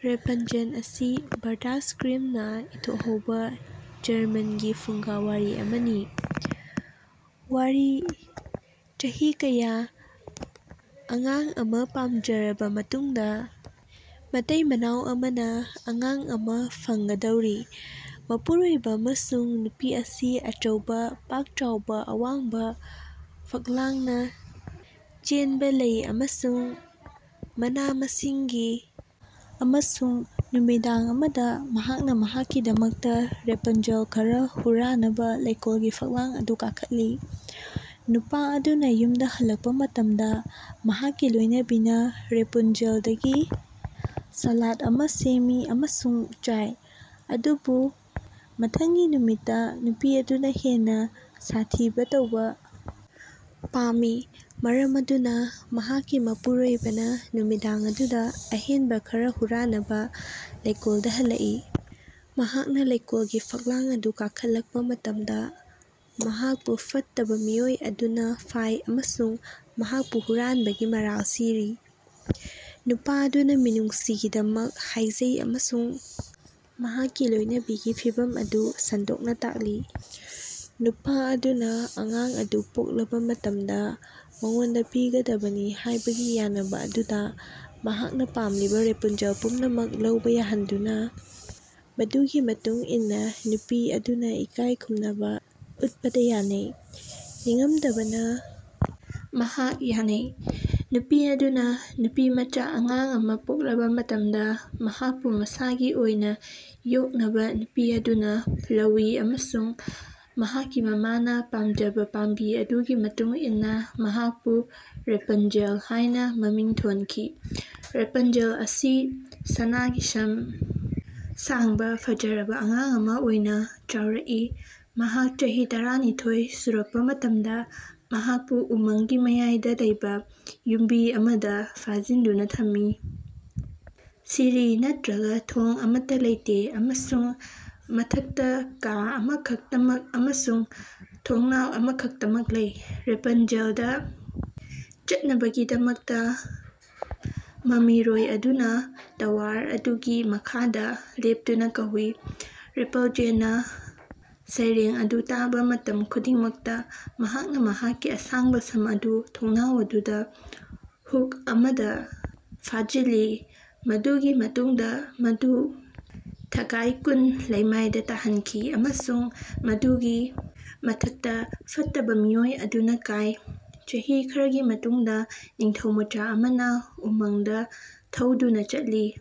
Rapunzel ꯑꯁꯤ brothers ꯒ꯭ꯔꯤꯝꯅ ꯏꯊꯣꯛꯍꯧꯕ ꯖꯔꯃꯟꯒꯤ ꯐꯨꯡꯒꯥꯋꯥꯔꯤ ꯑꯃꯅꯤ꯫ ꯋꯥꯔꯤ ꯆꯍꯤ ꯀꯌꯥ ꯑꯉꯥꯡ ꯑꯃꯥ ꯄꯥꯝꯖꯔꯕ ꯃꯇꯨꯡꯗ, ꯃꯇꯩ-ꯃꯅꯥꯎ ꯑꯃꯅ ꯑꯉꯥꯡ ꯑꯃꯥ ꯐꯪꯒꯗꯧꯔꯤ꯫ ꯃꯄꯨꯔꯣꯏꯕ ꯑꯃꯁꯨꯡ ꯅꯨꯄꯤ ꯑꯁꯤ ꯑꯆꯧꯕ, ꯄꯥꯛ ꯆꯥꯎꯕ, ꯑꯋꯥꯡꯕ ꯐꯛꯂꯥꯡꯅ ꯆꯦꯟꯕ ꯂꯩ ꯑꯃꯁꯨꯡ ꯃꯅꯥ-ꯃꯁꯤꯡꯒꯤ ꯑꯃꯁꯨꯡ ꯅꯨꯃꯤꯗꯥꯡ ꯑꯃꯗ, ꯃꯍꯥꯛꯅ ꯃꯍꯥꯛꯀꯤꯗꯃꯛꯇ ꯔꯦꯄꯟꯖꯦꯜ ꯈꯔ ꯍꯨꯔꯥꯟꯅꯕ ꯂꯩꯀꯣꯜꯒꯤ ꯐꯛꯂꯥꯡ ꯑꯗꯨ ꯀꯥꯈꯠꯂꯤ꯫ ꯅꯨꯄꯥ ꯑꯗꯨꯅ ꯌꯨꯝꯗ ꯍꯜꯂꯛꯄ ꯃꯇꯝꯗ, ꯃꯍꯥꯛꯀꯤ ꯂꯣꯏꯅꯕꯤꯅ ꯔꯦꯄꯨꯟꯖꯦꯜꯗꯒꯤ ꯁꯥꯂꯥꯗ ꯑꯃ ꯁꯦꯝꯃꯤ ꯑꯃꯁꯨꯡ ꯆꯥꯏ꯫ ꯑꯗꯨꯕꯨ ꯃꯊꯪꯒꯤ ꯅꯨꯃꯤꯠꯇ, ꯅꯨꯄꯤ ꯑꯗꯨꯅ ꯍꯦꯟꯅ ꯁꯥꯊꯤꯕ ꯇꯧꯕ ꯄꯥꯝꯃꯤ, ꯃꯔꯝ ꯑꯗꯨꯅ ꯃꯍꯥꯛꯀꯤ ꯃꯄꯨꯔꯣꯏꯕꯅ ꯅꯨꯃꯤꯗꯥꯡ ꯑꯗꯨꯗ ꯑꯍꯦꯟꯕ ꯈꯔ ꯍꯨꯔꯥꯟꯅꯕ ꯂꯩꯀꯣꯜꯗ ꯍꯜꯂꯛꯏ꯫ ꯃꯍꯥꯛꯅ ꯂꯩꯀꯣꯜꯒꯤ ꯐꯛꯂꯥꯡ ꯑꯗꯨ ꯀꯥꯈꯠꯂꯛꯄ ꯃꯇꯝꯗ, ꯃꯍꯥꯛꯄꯨ ꯐꯠꯇꯕ ꯃꯤꯑꯣꯏ ꯑꯗꯨꯅ ꯐꯥꯏ ꯑꯃꯁꯨꯡ ꯃꯍꯥꯛꯄꯨ ꯍꯨꯔꯥꯟꯕꯒꯤ ꯃꯔꯥꯜ ꯁꯤꯔꯤ꯫ ꯅꯨꯄꯥ ꯑꯗꯨꯅ ꯃꯤꯅꯨꯡꯁꯤꯒꯤꯗꯃꯛ ꯍꯥꯏꯖꯩ ꯑꯃꯁꯨꯡ ꯃꯍꯥꯛꯀꯤ ꯂꯣꯏꯅꯕꯤꯒꯤ ꯐꯤꯚꯝ ꯑꯗꯨ ꯁꯟꯗꯣꯛꯅ ꯇꯥꯛꯂꯤ꯫ ꯅꯨꯄꯥ ꯑꯗꯨꯅ ꯑꯉꯥꯡ ꯑꯗꯨ ꯄꯣꯛꯂꯕ ꯃꯇꯝꯗ ꯃꯉꯣꯟꯗ ꯄꯤꯒꯗꯕꯅꯤ ꯍꯥꯏꯕꯒꯤ ꯌꯥꯅꯕ ꯑꯗꯨꯗ ꯃꯍꯥꯛꯅ ꯄꯥꯝꯂꯤꯕ ꯔꯦꯄꯨꯟꯖꯦꯜ ꯄꯨꯝꯅꯃꯛ ꯂꯧꯕ ꯌꯥꯍꯟꯗꯨꯅ, ꯃꯗꯨꯒꯤ ꯃꯇꯨꯡ ꯏꯟꯅ ꯅꯨꯄꯤ ꯑꯗꯨꯅ ꯏꯀꯥꯏ ꯈꯨꯝꯅꯕ ꯎꯠꯄꯗ ꯌꯥꯅꯩ꯫ ꯅꯤꯡꯉꯝꯗꯕꯅ, ꯃꯍꯥꯛ ꯌꯥꯅꯩ꯫ ꯅꯨꯄꯤ ꯑꯗꯨꯅ ꯅꯨꯄꯤꯃꯆꯥ ꯑꯉꯥꯡ ꯑꯃꯥ ꯄꯣꯛꯂꯕ ꯃꯇꯝꯗ, ꯃꯍꯥꯛꯄꯨ ꯃꯁꯥꯒꯤ ꯑꯣꯏꯅ ꯌꯣꯛꯅꯕ ꯅꯨꯄꯤ ꯑꯗꯨꯅ ꯂꯧꯋꯤ ꯑꯃꯁꯨꯡ ꯃꯍꯥꯛꯀꯤ ꯃꯃꯥꯅ ꯄꯥꯝꯖꯕ ꯄꯥꯝꯕꯤ ꯑꯗꯨꯒꯤ ꯃꯇꯨꯡ ꯏꯟꯅ ꯃꯍꯥꯛꯄꯨ ꯔꯦꯄꯟꯖꯦꯜ ꯍꯥꯏꯅ ꯃꯃꯤꯡ ꯊꯣꯟꯈꯤ꯫ ꯔꯦꯄꯟꯖꯦꯜ ꯑꯁꯤ ꯁꯅꯥꯒꯤ ꯁꯝ ꯁꯥꯡꯕ ꯐꯖꯔꯕ ꯑꯉꯥꯡ ꯑꯃ ꯑꯣꯏꯅ ꯆꯥꯎꯔꯛꯏ꯫ ꯃꯍꯥꯛ ꯆꯍꯤ ꯇꯔꯥꯅꯤꯊꯣꯏ ꯁꯨꯔꯛꯄ ꯃꯇꯝꯗ, ꯃꯍꯥꯛꯄꯨ ꯎꯃꯪꯒꯤ ꯃꯌꯥꯏꯗ ꯂꯩꯕ ꯌꯨꯝꯕꯤ ꯑꯃꯗ ꯐꯥꯖꯤꯟꯗꯨꯅ ꯊꯝꯃꯤ, ꯁꯤꯔꯤ ꯅꯠꯇ꯭ꯔꯥꯒ ꯊꯣꯡ ꯑꯃꯠꯇ ꯂꯩꯇꯦ, ꯑꯃꯁꯨꯡ ꯃꯊꯛꯇ ꯀꯥ ꯑꯃꯈꯛꯇꯃꯛ ꯑꯃꯁꯨꯡ ꯊꯣꯡꯅꯥꯎ ꯑꯃꯈꯛꯇꯃꯛ ꯂꯩ꯫ ꯔꯦꯄꯟꯖꯦꯜꯗ ꯆꯠꯅꯕꯒꯤꯗꯃꯛ, ꯃꯃꯤꯔꯣꯏ ꯑꯗꯨꯅ ꯇꯋꯥꯔ ꯑꯗꯨꯒꯤ ꯃꯈꯥꯗ ꯂꯦꯞꯇꯨꯅ ꯀꯧꯏ: ꯔꯥꯄꯟꯖꯦꯜꯅ ꯁꯩꯔꯦꯡ ꯑꯗꯨ ꯇꯥꯕ ꯃꯇꯝ ꯈꯨꯗꯤꯡꯃꯛꯇ, ꯃꯍꯥꯛꯅ ꯃꯍꯥꯛꯀꯤ ꯑꯁꯥꯡꯕ ꯁꯝ ꯑꯗꯨ ꯊꯣꯡꯅꯥꯎ ꯑꯗꯨꯗ ꯍꯨꯛ ꯑꯃꯗ ꯐꯥꯖꯤꯜꯂꯤ ꯃꯗꯨꯒꯤ ꯃꯇꯨꯡꯗ ꯃꯗꯨ ꯊꯒꯥꯏ ꯀꯨꯟ ꯂꯩꯃꯥꯏꯗ ꯇꯥꯍꯟꯈꯤ, ꯑꯃꯁꯨꯡ ꯃꯗꯨꯒꯤ ꯃꯊꯛꯇ ꯐꯠꯇꯕ ꯃꯤꯑꯣꯏ ꯑꯗꯨꯅ ꯀꯥꯏ꯫ ꯆꯍꯤ ꯈꯔꯒꯤ ꯃꯇꯨꯡꯗ, ꯅꯤꯡꯊꯧꯃꯆꯥ ꯑꯃꯅ ꯎꯃꯪꯗ ꯊꯧꯗꯨꯅ ꯆꯠꯂꯤ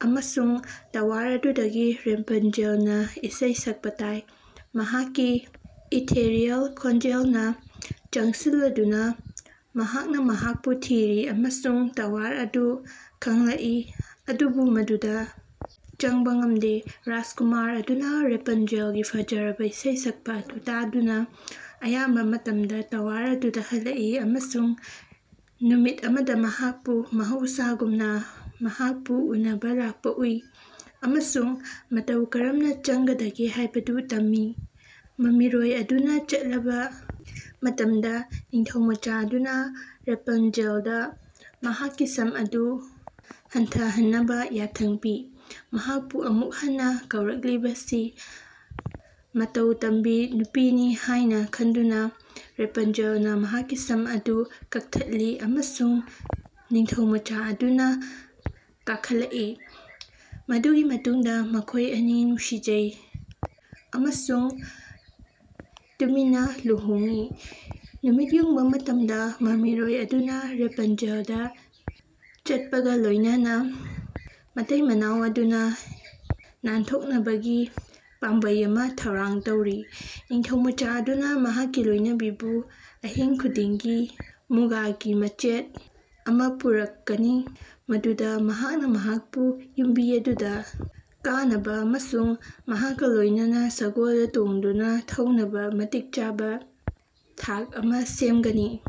ꯑꯃꯁꯨꯡ ꯇꯋꯥꯔ ꯑꯗꯨꯗꯒꯤ ꯔꯦꯄꯟꯖꯦꯜꯅ ꯏꯁꯩ ꯁꯛꯄ ꯇꯥꯏ꯫ ꯃꯍꯥꯛꯀꯤ ꯏꯊꯦꯔꯤꯌꯦꯜ ꯈꯣꯟꯖꯦꯜꯅ ꯆꯪꯁꯤꯜꯂꯗꯨꯅ, ꯃꯍꯥꯛꯅ ꯃꯍꯥꯛꯄꯨ ꯊꯤꯔꯤ ꯑꯃꯁꯨꯡ ꯇꯋꯥꯔ ꯑꯗꯨ ꯈꯪꯂꯛꯏ, ꯑꯗꯨꯕꯨ ꯃꯗꯨꯗ ꯆꯪꯕ ꯉꯝꯗꯦ꯫ ꯔꯥꯖꯀꯨꯃꯥꯔ ꯑꯗꯨꯅ ꯔꯦꯄꯟꯖꯦꯜꯒꯤ ꯐꯖꯔꯕ ꯏꯁꯩ ꯁꯛꯄ ꯑꯗꯨ ꯇꯥꯗꯨꯅ ꯑꯌꯥꯝꯕ ꯃꯇꯝꯗ ꯇꯋꯥꯔ ꯑꯗꯨꯗ ꯍꯜꯂꯛꯏ, ꯑꯃꯁꯨꯡ ꯅꯨꯃꯤꯠ ꯑꯃꯗ ꯃꯍꯥꯛꯄꯨ ꯃꯍꯧꯁꯥꯒꯨꯝꯅ ꯃꯍꯥꯛꯄꯨ ꯎꯅꯕ ꯂꯥꯛꯄ ꯎꯏ ꯑꯃꯁꯨꯡ ꯃꯇꯧ ꯀꯔꯝꯅ ꯆꯪꯒꯗꯒꯦ ꯍꯥꯏꯕꯗꯨ ꯇꯝꯃꯤ꯫ ꯃꯃꯤꯔꯣꯏ ꯑꯗꯨꯅ ꯆꯠꯂꯕ ꯃꯇꯝꯗ, ꯅꯤꯡꯊꯧꯃꯆꯥ ꯑꯗꯨꯅ ꯔꯦꯄꯟꯖꯦꯜꯗ ꯃꯍꯥꯛꯀꯤ ꯁꯝ ꯑꯗꯨ ꯍꯟꯊꯍꯟꯅꯕ ꯌꯥꯊꯪ ꯄꯤ꯫ ꯃꯍꯥꯛꯄꯨ ꯑꯃꯨꯛ ꯍꯟꯅ ꯀꯧꯔꯛꯂꯤꯕꯁꯤ ꯃꯇꯧ ꯇꯝꯕꯤ ꯅꯨꯄꯤꯅꯤ ꯍꯥꯏꯅ ꯈꯟꯗꯨꯅ, ꯔꯦꯄꯟꯖꯦꯜꯅ ꯃꯍꯥꯛꯀꯤ ꯁꯝ ꯑꯗꯨ ꯀꯛꯊꯠꯂꯤ ꯑꯃꯁꯨꯡ ꯅꯤꯡꯊꯧꯃꯆꯥ ꯑꯗꯨꯅ ꯀꯥꯈꯠꯂꯛꯏ꯫ ꯃꯗꯨꯒꯤ ꯃꯇꯨꯡꯗ ꯃꯈꯣꯏ ꯑꯅꯤ ꯅꯨꯡꯁꯤꯖꯩ ꯑꯃꯁꯨꯡ ꯇꯨꯃꯤꯟꯅ ꯂꯨꯍꯣꯡꯏ꯫ ꯅꯨꯃꯤꯠ ꯌꯨꯡꯕ ꯃꯇꯝꯗ ꯃꯃꯤꯔꯣꯏ ꯑꯗꯨꯅ ꯔꯥꯄꯟꯖꯦꯜꯗ ꯆꯠꯄꯒ ꯂꯣꯏꯅꯅ, ꯃꯇꯩ-ꯃꯅꯥꯎ ꯑꯗꯨꯅ ꯅꯥꯟꯊꯣꯛꯅꯕꯒꯤ ꯄꯥꯝꯕꯩ ꯑꯃ ꯊꯧꯔꯥꯡ ꯇꯧꯔꯤ: ꯅꯤꯡꯊꯧꯃꯆꯥ ꯑꯗꯨꯅ ꯃꯍꯥꯛꯀꯤ ꯂꯣꯏꯅꯕꯤꯕꯨ ꯑꯍꯤꯡ ꯈꯨꯗꯤꯡꯒꯤ ꯃꯨꯒꯥꯒꯤ ꯃꯆꯦꯠ ꯑꯃ ꯄꯨꯔꯛꯀꯅꯤ ꯃꯗꯨꯗ ꯃꯍꯥꯛꯅ ꯃꯍꯥꯛꯄꯨ ꯌꯨꯝꯕꯤ ꯑꯗꯨꯗ ꯀꯥꯅꯕ ꯑꯃꯁꯨꯡ ꯃꯍꯥꯛꯀ ꯂꯣꯏꯅꯅ ꯁꯒꯣꯜꯗ ꯇꯣꯡꯗꯨꯅ ꯊꯧꯅꯕ ꯃꯇꯤꯛ ꯆꯥꯕ ꯊꯥꯛ ꯑꯃ ꯁꯦꯝꯒꯅꯤ꯫